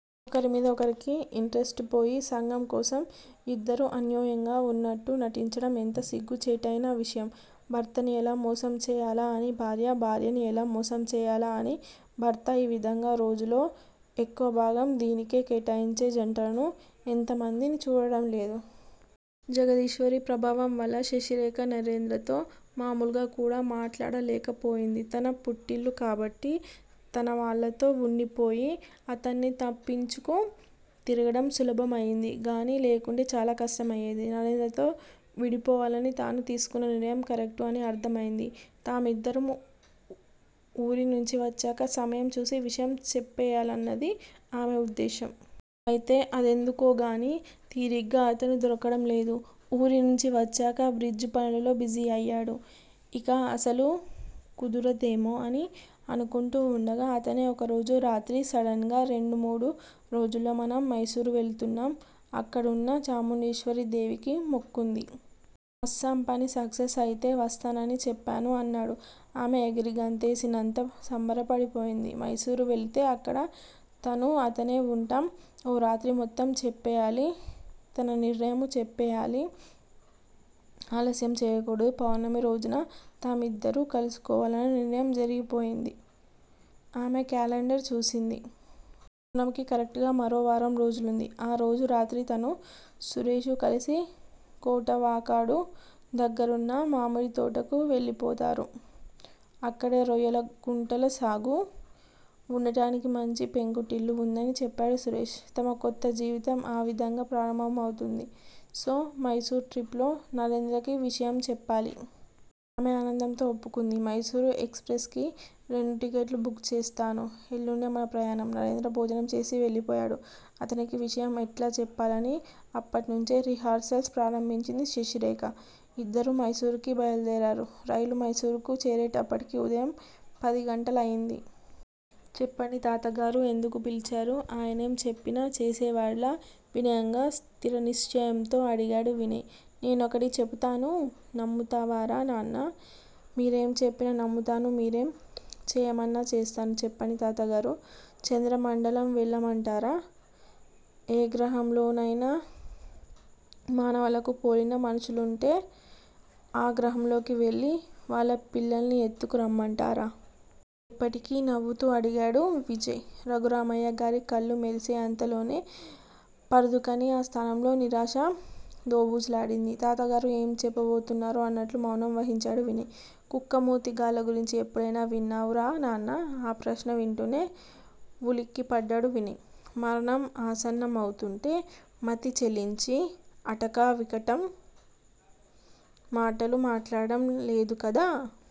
ఒకరి మీద ఒకరికి ఇంట్రెస్టుపోయి సంఘం కోసం యిద్దరూ అన్యోన్యంగా వున్నట్టూ నటించడం ఎంత సిగ్గుచేటయిన విషయం? భర్తని ఎలా మోసం చేయాలా అని భార్య. భార్యని ఎలా మోసం చేయాలా అని భర్త ఈ విధంగా రోజులో ఎక్కువ భాగం దీనికే కేటాయించే జంటలను ఎంత మందిని చూడటంలేదు? జగదీశ్వరి ప్రభావంవల్ల శశిరేఖ నరేంద్రతో మామూలుగా కూడా మాట్లాడలేకపోయింది. తన పుట్టిల్లు కాబట్టి తనవాళ్ళతో వుండిపోయి అతన్ని తప్పించుకు తిరగడం సులభం అయ్యింది గానీ లేకుంటే చాలా కష్టమయ్యేది. నరేంద్రతో విడిపోవాలని తాను తీసుకున్న నిర్ణయం కరెక్టు అని అర్దమైంది. తామిద్దరూ ఊరినుంచి వచ్చాక సమయం చూసి విషయం చెప్పేయ్యాలన్నది అమె ఉద్దేశ్యం. అయితే ఆదెందుకోగాని, తీరిగ్గా అతను దొరకడం లేదు. ఊరినుంచి వచ్చాక బ్రిడ్జి పనులలో బిజీ అయ్యాడు. ఇక అసలు కుదురదేమో అని అనుకుంటూ వుండగా అతనే ఓరోజు రాత్రి సడన్ గా రెండు మూడు రోజుల్లో మనం మైసూర్ వెళుతున్నాం. అక్కడున్న చాముండేశ్వరి దేవికి మొక్కుంది. అస్సాం పని సక్కెస్ అయితే వస్తానని చెప్పాను అన్నాడు. అమె ఎగిరిగంతేసినంత సంబరపడిపోయింది. మైసూర్ వెళితే అక్కడ తను, అతనే వుంటాం. ఓ రాత్రి మొత్తం చెప్పేయాలి. తన నిర్ణయము చెప్పేయాలి. అలస్యం చేయకూడదు. పౌర్ణమి రోజున తామిద్దరూ కలుసుకోవాలని నిర్ణయం జరిగిపోయింది. అమె క్యాలండర్ చూసింది. పౌర్ణమికి కరెక్టుగా మరో వారం రోజులుంది. ఆ రోజు రాత్రి తనూ, సురేషూ కలిసి కోటావాకాడు దగ్గరున్న మామిడితోటకు వెళ్ళిపోతారు. అక్కడే రొయ్యల గుంటల సాగు. వుండడానికి మంచి పెంకుటిల్లు వుందని చెప్పాడు సురేష్. తమ కొత్త జీవితం ఆ విధంగా ప్రారంభమవుతుంది. సో-మైసూర్ ట్రిప్ లో నరేంద్రకి విషయం చెప్పాలి. అమె ఆనందంతో ఒప్పుకుంది. మైసూర్ ఎక్స్ ప్రెస్ కి రెండు టికెట్లు బుక్ చేస్తాను. ఎల్లుండే మన ప్రయాణం. నరేంద్ర భోజనం చేసి వెళ్ళిపోయాడు. అతనికి విషయం ఎట్లా చెప్పాలని అప్పట్నుంచే రిహార్సల్స్ ప్రారంబించింది శశిరేఖ. ఇద్దరూ మైసూర్ కి బయలుదేరారు. రైలు మైసూరుకి చేరేటప్పటికి ఉదయం పదిగంటలయింది. చెప్పండి తాతగారూ ఎందుకు పిలిచారు.? ఆయనేం చెప్పినా చేసేవాడిలా వినయంగా స్థిర నిశ్చయంతో అడిగాడు విజయ్. నేనొకటి చెపుతాను నమ్ముతావురా నాన్నా! మీరేంచెప్పినా నమ్ముతాను మీరేం చేయమన్నా చేస్తాను. చెప్పండి తాతగారూ! చంద్రమండలం వెళ్ళమంటారా! ఏగ్రహం లోనయినా మానవులకి పోలిన మనుషులంటే ఆ గ్రహంలోకి వెళ్ళి వాళ్ళపిల్లని ఎత్తుకు రమ్మంటారా? ఎప్పటికా నవ్వుతూ అడిగాడు విజయ్. రఘురామయ్యగారి కళ్ళు మెరిసి అంతలోనే పర్దుకని ఆ స్థానంలో నిరాశ దోబూచులాడింది. తాతగారు ఎం చెప్పాబోతున్నారో అన్నట్లు మౌనం వహించాడు విజయ్. కుక్క మూతిగాళ్ళ గురించి ఎప్పుడైయిన విన్నావురానాన్నా! ఆ ప్రశ్న వింటూనే వులుక్కి పడ్డాడు విజయ్ మరణం ఆసన్న మౌతుంటే మతి చెలించి అకటా వికటం మాటలు మాట్లాడటం లేదుకదా!